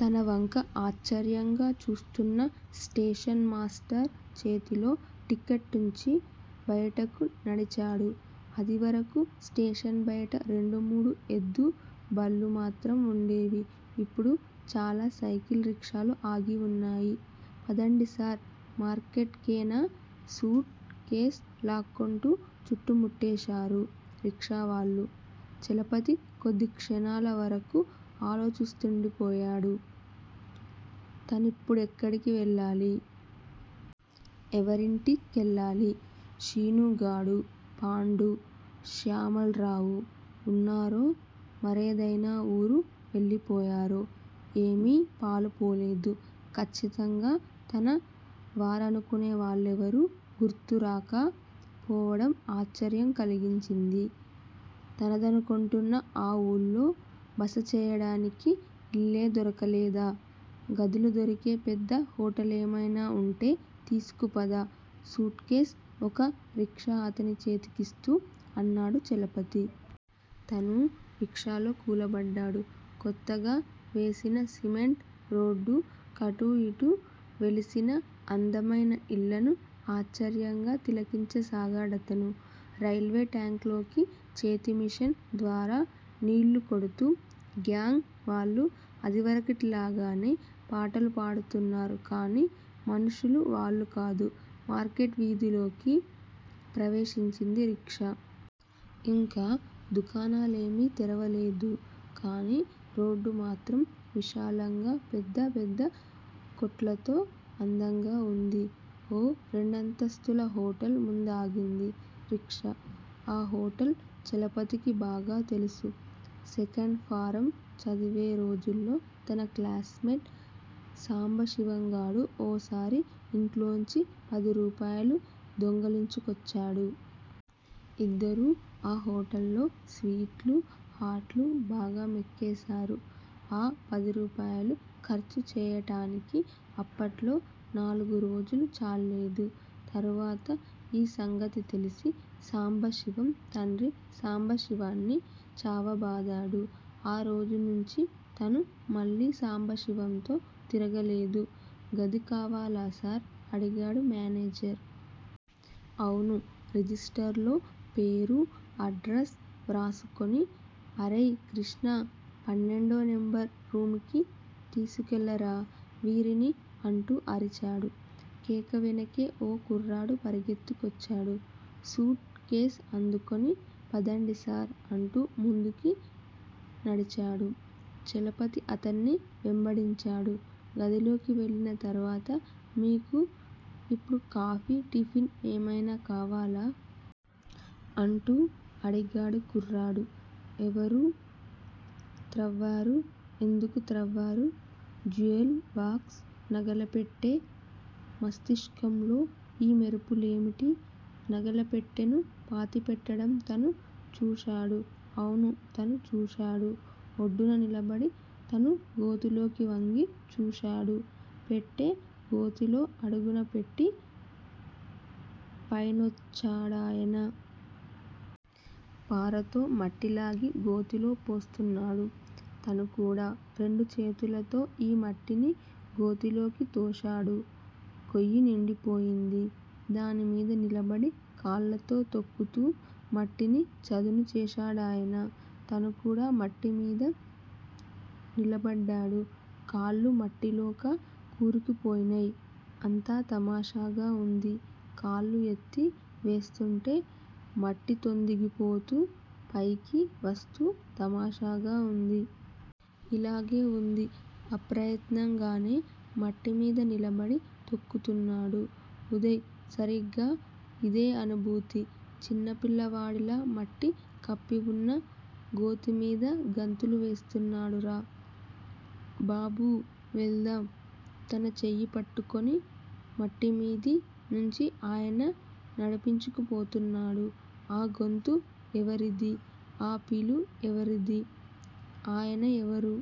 తన వంక ఆశ్చర్యంగా చూస్తున్న స్టేషన్ మాస్టర్ చేతిలో టిక్కెట్టుంచి బయటకు నడిచాడు. అదివరకు స్టేషన్ బయట రెండు మూడు ఎద్దు బళ్ళు మాత్రం ఉండేవి. ఇప్పుడు చాలా సైకిల్ రిక్షాలు ఆగివున్నాయి. పదండిసార్! మార్కెట్ కేనా? సూట్ కేస్ లాక్కొంటూ చుట్టుముట్టేశారు రిక్షావాళ్ళు. చలపతి కొద్దిక్షణాల వరకూ ఆలోచిస్తూండిపోయాడు తనిప్పుడెక్కడికి వెళ్ళాలి? ఎవరింటి కెళ్ళాలి? శీనుగాడూ, పాండూ, శ్యామల్రావూ ఉన్నారో, మరేదయినా ఊరు వెళ్ళిపోయారో? ఏమీ పాలుపోలేదు. ఖచ్చితంగా తన వారనుకొనేవాళ్ళెవరూ గుర్తురాక పోవడం ఆశ్చర్యం కలిగించింది. తనదనుకొంటున్న ఆ ఊళ్ళో బసచేయడానికి ఇల్లే దొరకలేదా? గదులు దొరికే పెద్ద హోటలేమయినా ఉంటే తీసుకుపద! సూట్ కేస్ ఒక రిక్షా అతని చేతికిస్తూ అన్నాడు చలపతి. తనూ రిక్షాలో కూలబడ్డాడు, కొత్తగా వేసిన సిమెంట్ రోడ్డు కటూ ఇటూ వెలిసిన అందమయిన ఇళ్ళను ఆశ్చర్యంగా తిలకించసాగాడతను. రైల్వేట్యాంక్ లోకి చేతి మిషన్ ద్వారా నీళ్ళు కొడుతూ గ్యాంగ్ వాళ్ళు అదివరకటిలాగానే పాటలు పాడుతున్నారు కానీ, మనుషులు వాళ్ళు కాదు. మార్కెట్ వీధిలోకి ప్రవేశించింది రిక్షా. ఇంకా దుకాణాలేమీ తెరవలేదు కానీ, రోడ్డుమాత్రం, విశాలంగా పెద్ద పెద్ద కొట్లతో అందంగా ఉంది. ఓ రెండంతస్తుల హోటల్ ముందాగింది రిక్షా. ఆ హోటల్ చలపతికి బాగా తెలుసు. సెకండ్ ఫారం చదివే రోజుల్లో తన క్లాస్ మేట్ సాంబశివంగాడు ఓసారి ఇంట్లోంచి పది రూపాయలు దొంగిలించుకొచ్చాడు. ఇద్దరూ ఆ హోటల్లో స్వీట్లు, హాట్లు బాగా మెక్కేసారు. ఆ పదిరూపాయలు ఖర్చు చేయటానికి అప్పట్లో నాలుగు రోజులు చాల్లేదు. తరువాత ఈ సంగతి తెలిసి సాంబశివం తండ్రి సాంబశివాన్ని చావబాదాడు. ఆ రోజునుంచీ తను మళ్ళీ సాంబశివంతో తిరగలేదు. గది కావాలా సార్? అడిగాడు మేనేజర్. అవును! రిజిస్టర్ లో పేరూ, అడ్రస్ వ్రాసుకొని, అరేయ్ కృష్టా! పన్నెండో నెంబరు రూముకి తీసుకెళ్ళరా వీరిని అంటూ అరిచాడు. కేక వెనకే ఓ కుర్రాడు పరుగెత్తుకొచ్చాడు. సూట్ కేస్ అందుకొని, పదండి సార్ అంటూ ముందుకి నడిచాడు. చలపతి అతన్ని వెంబడించాడు. గదిలోకి వెళ్ళిన తరువాత మీకు ఇప్పుడు కాఫీ, టిఫిన్ ఏమయినా కావాలా? అంటూ అడిగాడు కుర్రాడు. ఎవరు త్రవ్వారు? ఎందుకు త్రవ్వారు? Jewel box! నగల పెట్టె! మస్తిష్కంలొ ఈ మెరుపు లేమిటి? నగల పెట్టెను పాతిపెట్టడం తను చూశాడు. అవును! తను చూశాడు. ఒడ్డున నిలబడి తను గోతిలోకి వంగి చూశాడు. పెట్టె గోతిలో అడుగున పెట్టి__పైనొచ్చాడాయన! పారతో మట్టిలాగి గోతిలో పోస్తున్నాడు. తనుకూడా రెండుచేతులతో ఈ మట్టిని గోతిలోకి తోశాడు. గొయ్యి నిండిపోయింది. దానిమీద నిలబడి కాళ్ళతో తొక్కుతూ మట్టిని చదును చేశాడాయన. తనుకూడా మట్టిమీద నిలబడ్డాడు. కాళ్ళు మట్టిలోక కూరుకుపోయినై. అంతా తమాషాగా ఉంది. కాళ్ళు ఎత్తి వేస్తూంటే మట్టితోందిగిపోతూ- పైకి వస్తూ తమాషాగా ఉంది. ఇలాగే వుంది. అప్రయత్నం గానే మట్టిమీద నిలబడి తొక్కుతున్నాడు ఉదయ్ సరిగ్గా ఇదే అనుభూతి. చిన్నపిల్లవాడిలా మట్టి కప్పివున్న గోతిమీద గంతులు వేస్తున్నాడు. రా! బాబూ! వెళ్దాం తన చెయ్యిపట్టుకొని మట్టిమీది నుంచి ఆయన నడిపించుకుపోతున్నాడు. ఆ గొంతు ఎవరిది? ఆ పిలుఎవరిది? ఆయన ఎవరు?